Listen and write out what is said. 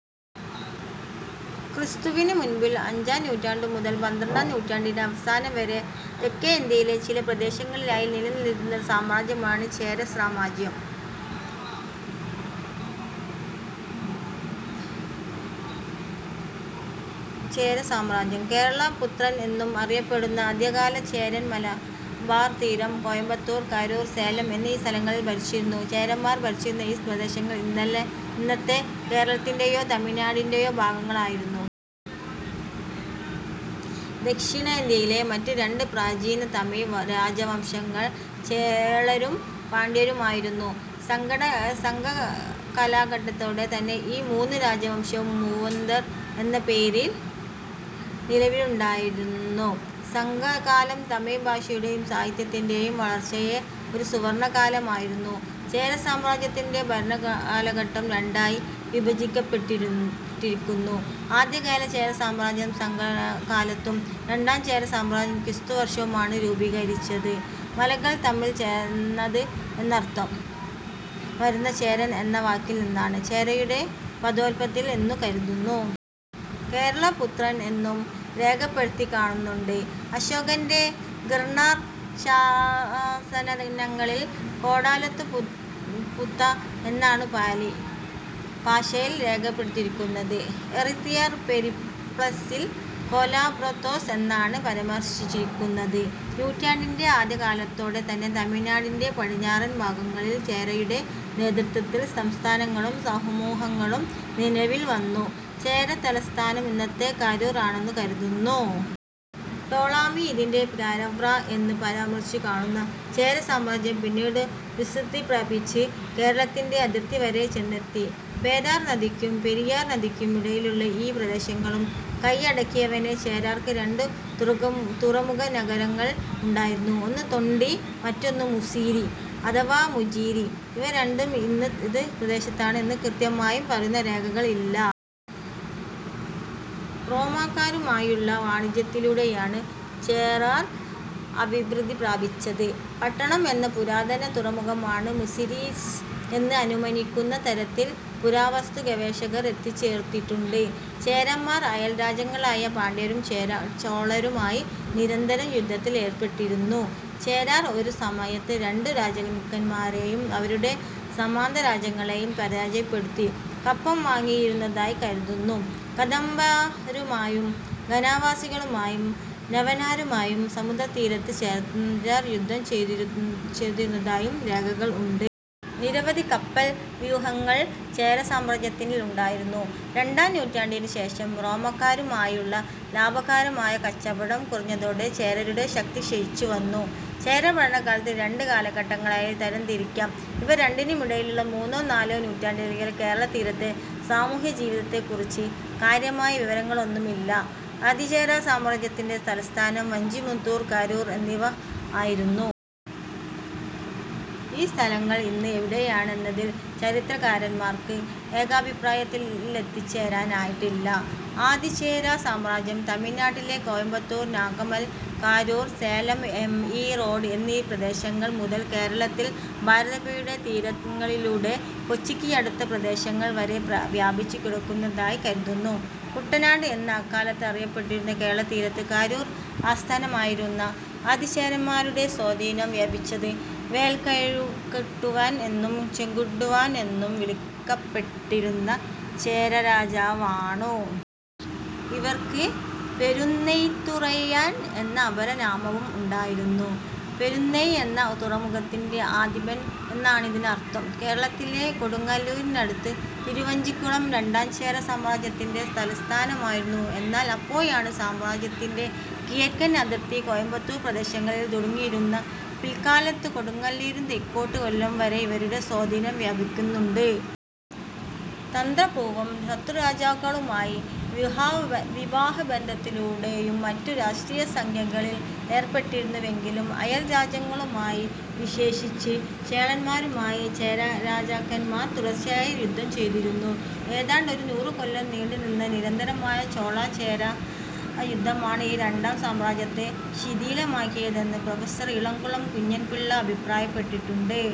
ക്രിസ്തുവിന് മുൻപ് അഞ്ചാം നൂറ്റാണ്ടു മുതൽ പന്ത്രണ്ടാം നൂറ്റാണ്ടിന്റെ അവസാനം വരെ തെക്കേ ഇന്ത്യയിലെ ചില പ്രദേശങ്ങളിലായി നിലനിന്നിരുന്ന സാമ്രാജ്യമാണ് ചേര സാമ്രാജ്യം. കേരളപുത്രർ എന്നും അറിയപ്പെട്ടിരുന്നു. ആദ്യകാല ചേരർ മലബാർ തീരം, കോയമ്പത്തൂർ, കരൂർ, സേലം എന്നീ സ്ഥലങ്ങൾ ഭരിച്ചിരുന്നു. ചേരന്മാർ ഭരിച്ചിരുന്ന ഈ പ്രദേശങ്ങൾ ഇന്നത്തെ കേരളത്തിന്റെയോ തമിഴ്നാട്ടിന്റെയോ ഭാഗങ്ങളായിരുന്നു. ദക്ഷിണേന്ത്യയിലെ മറ്റ് രണ്ട് പ്രാചീന തമിഴ് രാജവംശങ്ങൾ ചോളരും പാണ്ഡ്യരുമായിരുന്നു. സംഘകാലഘട്ടത്തോടെ തന്നെ ഈ മൂന്നു രാജവംശങ്ങളും മൂവേന്തർ എന്ന പേരിൽ നിലവിലുണ്ടായിരുന്നു. സംഘകാലം തമിഴ് ഭാഷയുടേയും സാഹിത്യത്തിന്റേയും വളർച്ചയിലെ ഒരു സുവർണ്ണകാലമായിരുന്നു. ചേര സാമ്രാജ്യത്തിന്റെ ഭരണകാലഘട്ടം രണ്ടായി വിഭജിക്കപ്പെട്ടിരിക്കുന്നു. ആദ്യകാല ചേര സാമ്രാജ്യം സംഘകാലത്തും രണ്ടാം ചേര സാമ്രാജ്യം ക്രിസ്തു വർഷവുമാണ് രൂപീകരിച്ചത് മലകൾ തമ്മിൽ ചേർന്നത് എന്നർത്ഥം വരുന്ന ചേരൽ എന്ന വാക്കിൽ നിന്നാണ് ചേരരുടെ പദോല്പത്തി എന്നു കരുതുന്നു. കേരളപുത്രർ എന്നും രേഖപ്പെടുത്തിക്കാണുന്നുണ്ട്. അശോകന്റെ ഗിർണാർ ശാസനങ്ങളിൽ കേടലപുത്ത എന്നാണു പാലി ഭാഷയിൽ രേഖപ്പെടുത്തിയിരിക്കുന്നത്. എറിത്രിയൻ പെരിപ്ലസിൽ കേലോബോത്രാസ് എന്നാണ് പരാമർശിച്ചിരിക്കുന്നത്. നൂറ്റാണ്ടിൽ ആദ്യകാലത്തോടെ തന്നെ തമിഴ്നാട്ട്ന്റെ പടിഞ്ഞാറൻ ഭാഗങ്ങളിൽ ചേരരുടെ നേതൃത്വത്തിൽ സംസ്ഥാനങ്ങളും സമൂഹങ്ങളും നിലവിൽ വന്നു. ചേരതലസ്ഥാനം ഇന്നത്തെ കരൂർ ആണെന്നു കരുതുന്നു. ടോളമി ഇതിനെ കരവ്ര എന്ന് പരാമർശിച്ചുകാണുന്നു. ചേര സാമ്രാജ്യം പിന്നീട് വിസ്ത്രൃതി പ്രാപിച്ച് കേരളത്തിന്റെ അതിർത്തിവരെ ചെന്നെത്തി. പേരാർ നദിക്കും പെരിയാർ നദിക്കും ഇടയിലുള്ള എല്ലാ പ്രദേശങ്ങളും കയ്യടക്കിവാണ ചേരർക്ക് രണ്ട് തുറമുഖനഗരങ്ങൾ ഉണ്ടായിരുന്നു. ഒന്ന് തൊണ്ടി മറ്റൊന്ന് മുസിരി അഥവാ മുചിരി. ഇവ രണ്ടും ഇന്ന് ഏത് പ്രദേശത്താണ് എന്ന് കൃത്യമായും പറയുന്ന രേഖകൾ ഇല്ല. റോമക്കാരുമായുള്ള വാണിജ്യത്തിലൂടെയാണ് ചേരർ അഭിവൃദ്ധിപ്രാപിച്ചത്. പട്ടണം എന്ന പുരാതന തുറമുഖമാണ് മുസിരിസ് എന്ന് അനുമാനിക്കുന്ന തരത്തിൽ പുരാവസ്തുഗവേഷകർ എത്തിച്ചേർന്നിട്ടുണ്ട്. ചേരന്മാർ അയൽരാജ്യങ്ങളായ പാണ്ഡ്യരും ചോളരുമായി നിരന്തരം യുദ്ധത്തിൽ ഏർപ്പെട്ടിരുന്നു. ചേരർ ഒരു സമയത്ത് രണ്ടു രാജ്യക്കാരെയും അവരുടെ സാമന്തരാജ്യങ്ങളേയും പരജയപ്പെടുത്തി കപ്പം വാങ്ങിയിരുന്നതായി കരുതുന്നു. കദംബരുമായും ബനവാസികളുമായും യവനരുമായും സമുദ്രതീരത്ത് ചേരർ യുദ്ധം ചെയ്തിരുന്നതായും രേഖകൾ ഉണ്ട്. നിരവധി കപ്പൽ വ്യൂഹങ്ങൾ ചേരസാമ്രാജ്യത്തിൽ ഉണ്ടായുരുന്നു. രണ്ടാം നൂറ്റാണ്ടിനു ശേഷം റോമക്കാരുമായുള്ള ലാഭകരമായ കച്ചവടം കുറഞ്ഞതോടെ ചേരരുടെ ശക്തി ക്ഷയിച്ചുവന്നു. ചേരഭരണകാലത്തെ രണ്ട് കാലഘട്ടങ്ങളായി തരം തിരിക്കാം ഇവ രണ്ടിനുമിടക്കുള്ള മൂന്നോ നാലോ നൂറ്റാണ്ടുകളിലെ കേരളതീരത്തെ സമൂഹ്യജീവിതത്തെക്കുറിച്ച് കാര്യമായ വിവരങ്ങളൊന്നുമില്ല. ആദിചേര സാമ്രാജ്യത്തിന്റെ തലസ്ഥാനം വഞ്ചിമുത്തൂർ, കരൂർ എന്നിവ ആയിരുന്നു. ഈ സ്ഥലങ്ങൾ ഇന്ന് എവിടെയാണ് എന്നതിൽ ചരിത്രകാരന്മാർക്ക് ഏകാഭിപ്രായത്തിലെത്തിച്ചേരാനായിട്ടില്ല. ആദിചേര സാമ്രാജ്യം തമിഴ്നാട്ടിലെ കോയമ്പത്തൂർ, നാമക്കൽ, കരൂർ, സേലം, ഈറോഡ് എന്നീ പ്രദേശങ്ങൾ മുതൽ കേരളത്തിൽ ഭാരതപ്പുഴയുടെ തീരങ്ങളിലൂടെ കൊച്ചിക്ക് അടുത്ത പ്രദേശങ്ങൾ വരെ വ്യാപിച്ചു കിടന്നതായി കരുതുന്നു. കുടനാട് എന്ന് അക്കാലത്ത് അറിയപ്പെട്ടിരുന്ന കേരളതീരത്തേക്ക് കരൂർ ആസ്ഥാനമായിരുന്ന ആദിചേരന്മാരുടെ സ്വാധീനം വ്യാപിപ്പിച്ചത് വേൽകെഴുകുട്ടുവൻ എന്നും ചെങ്കുട്ടുവൻ എന്നും വിളിക്കപ്പെട്ടിരുന്ന ചേരരാജാവാണു. ഇവർക്ക് പൊരുന്നൈത്തുറയൻ എന്ന അപരനാമവും ഉണ്ടായിരുന്നു. പൊരുന്നൈ എന്ന തുറമുഖത്തിന്റെ അധിപൻ എന്നാണതിനർത്ഥം. കേരളത്തിൽ കൊടുങ്ങല്ലൂരിന് അടുത്ത് തിരുവഞ്ചിക്കുളം രണ്ടാംചേര സാമ്രാജ്യത്തിന്റെ തലസ്ഥാനമായിരുന്നു. എന്നാൽ അപ്പോഴേക്ക് സാമ്രാജ്യത്തിന്റെ കിഴക്കൻ അതിർത്തി കോയമ്പത്തൂർ പ്രദേശങ്ങളിൽ ഒതുങ്ങിയിരുന്നു. പിൽക്കാലത്ത് കൊടുങ്ങല്ലൂരിനു തെക്കോട്ട് കൊല്ലം വരെ ഇവരുടെ സ്വാധീനം വ്യാപിക്കുന്നുണ്ട്. തന്ത്രപൂർവം ശത്രുരാജ്യങ്ങളുമായി വിവാഹബന്ധങ്ങളിലൂടെയും മറ്റും രാഷ്ട്രീയ സഖ്യങ്ങളിൽ ഏർപ്പെട്ടിരുന്നുവെങ്കിലും അയൽ രാജ്യങ്ങളുമായി, വിശേഷിച്ച് ചോളന്മാരുമായി, ചേരരാജാക്കന്മാർ തുടർച്ചയായി യുദ്ധം ചെയ്തിരുന്നു. ഏതാണ്ട് ഒരു നൂറു കൊല്ലം നീണ്ടു നിന്ന നിരന്തരമായ ചോള-ചേര യുദ്ധമാണു ഈ രണ്ടാം സാമ്രാജ്യത്തെ ശിഥിലമാക്കിയതെന്ന് പ്രൊഫ. ഇളംകുളം കുഞ്ഞൻ പിള്ള അഭിപ്രായപ്പെട്ടിട്ടുണ്ട്.